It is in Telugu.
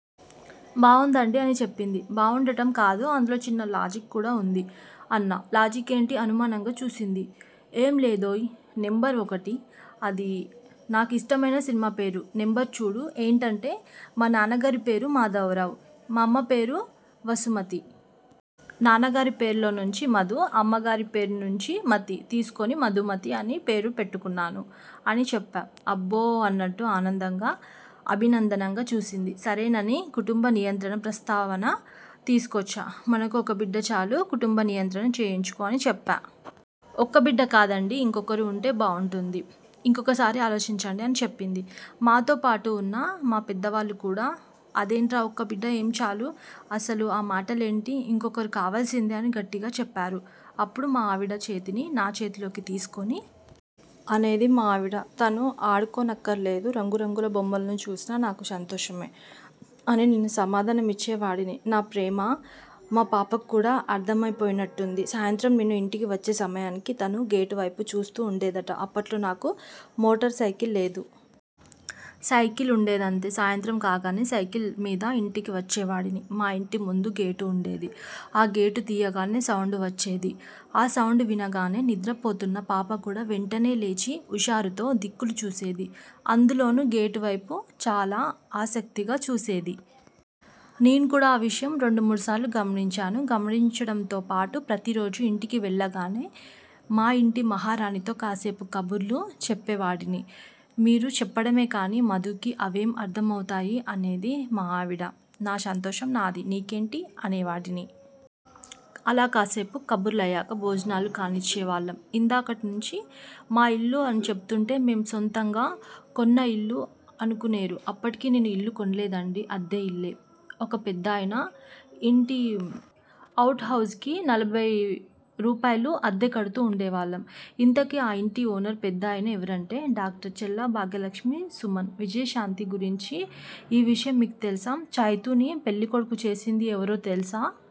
బావుందండీ' అని చెప్పింది. 'బావుండటం కాదు. అందులో చిన్న లాజిక్ కూడా ఉంది' అన్నా. 'లాజిక్కేంటి? ' అనుమానంగా చూసింది. 'ఏం లేదోయ్.. నెంబర్ ఒకటి. అది నాకు ఇష్టమైన సినిమా పేరు. నెంబర్ రెండు. ఏంటంటే.. మా నాన్నగారి పేరు మాధవరావు. మా అమ్మ పేరు వసుమతి. నాన్నగారి పేరులో నుంచి మధు, అమ్మగారి పేరు నుంచిమతి తీసుకుని మధుమతి అని పేరు పెట్టుకుంటాను అని చెప్పా''అబ్బో.. ' అన్నట్టు ఆనందంగా, అభినందనగా చూసింది. సరేనని కుటుంబ నియంత్రణ ప్రస్తావన తీసుకొచ్చా. 'మనకు ఒక బిడ్డ చాలు. కుటుంబ నియంత్రణ చేయించుకో' అని చెప్పా. 'ఒక్క బిడ్డ కాదండీ. ఇంకొకరు ఉంటే బావుంటుంది. ఇంకొక్కసారి ఆలోచించండి' అని చెప్పింది. మాతో పాటు ఉన్న మా పెద్దవాళ్లు కూడా 'అదేంట్రా ఒక బిడ్డ ఏం చాలు. అసలు ఆ మాటలేంటి? ఇంకొకరు కావాల్సిందే' అని గట్టిగా చెప్పారు. అప్పుడు మా ఆవిడ చేతిని నా చేతిలోకి తీసుకుని.. ' అనేది మా ఆవిడ. తను ఆడుకోనక్కర్లేదు. 'రంగురంగుల బొమ్మలను చూసినా నాకు సంతోషమే' అని నేను సమాధానమిచ్చే వాడిని. నా ప్రేమ మా పాపకు కూడా అర్థమైపోయినట్టుంది. సాయంత్రం నేను ఇంటికి వచ్చే సమయానికి తను గేటు వైపు చూస్తూ ఉండేదట. అప్పట్లో నాకు మోటార్ సైకిల్ లేదు. సైకిల్ ఉండేదంతే. సాయంత్రం కాగానే సైకిల్ మీద ఇంటికి వచ్చేవాడిని. మా ఇంటి ముందు గేటు ఉండేది. ఆ గేటు తీయగానే సౌండ్ వచ్చేది. ఆ సౌండ్ వినగానే నిద్రపోతున్న పాపకూడా వెంటనే లేచి, హుషారుతో దిక్కులు చూసేది. అందులోనూ గేటు వైపు చాలా ఆసక్తిగా చూసేది. నేను కూడా ఆ విషయం రెండు, మూడుసార్లు గమనించాను. గమనించడంతో పాటు ప్రతిరోజూ ఇంటికి వెళ్లగానే మా ఇంటి మహారాణితో కాసేపు కబుర్లు చెప్పేవాడిని. 'మీరు చెప్పడమే కానీ మధుకి అవేం అర్థమవుతాయి? ' అనేది మా ఆవిడ. 'నా సంతోషం నాది.. నీకేంటి? ' అనేవాడిని. అలా కాసేపు కబుర్లయ్యాక భోజనాలు కానిచ్చేవాళ్లం. ఇందాకటినుంచీ.. మా ఇల్లు అని చెబుతుంటే మేం సొంతంగా కొన్న ఇల్లు అనుకునేరుఅప్పటికి నేను ఇల్లు కొనలేదండీ. అద్దెఇల్లే. ఒక పెద్దాయన ఇంటి ఔట్హౌస్కి నలభైరూపాయలు అద్దెకడుతూ ఉండేవాళ్లం. ఇంతకీ ఆ ఇంటి ఓనర్ పెద్దాయన ఎవరంటే.. డాక్టర్ చల్లా భాగ్యలక్ష్మి సుమన్, విజయశాంతి గురించి ఈ విషయం మీకు తెలుసా? చైతూని పెళ్లి కొడుకు చేసింది ఎవరో తెలుసా?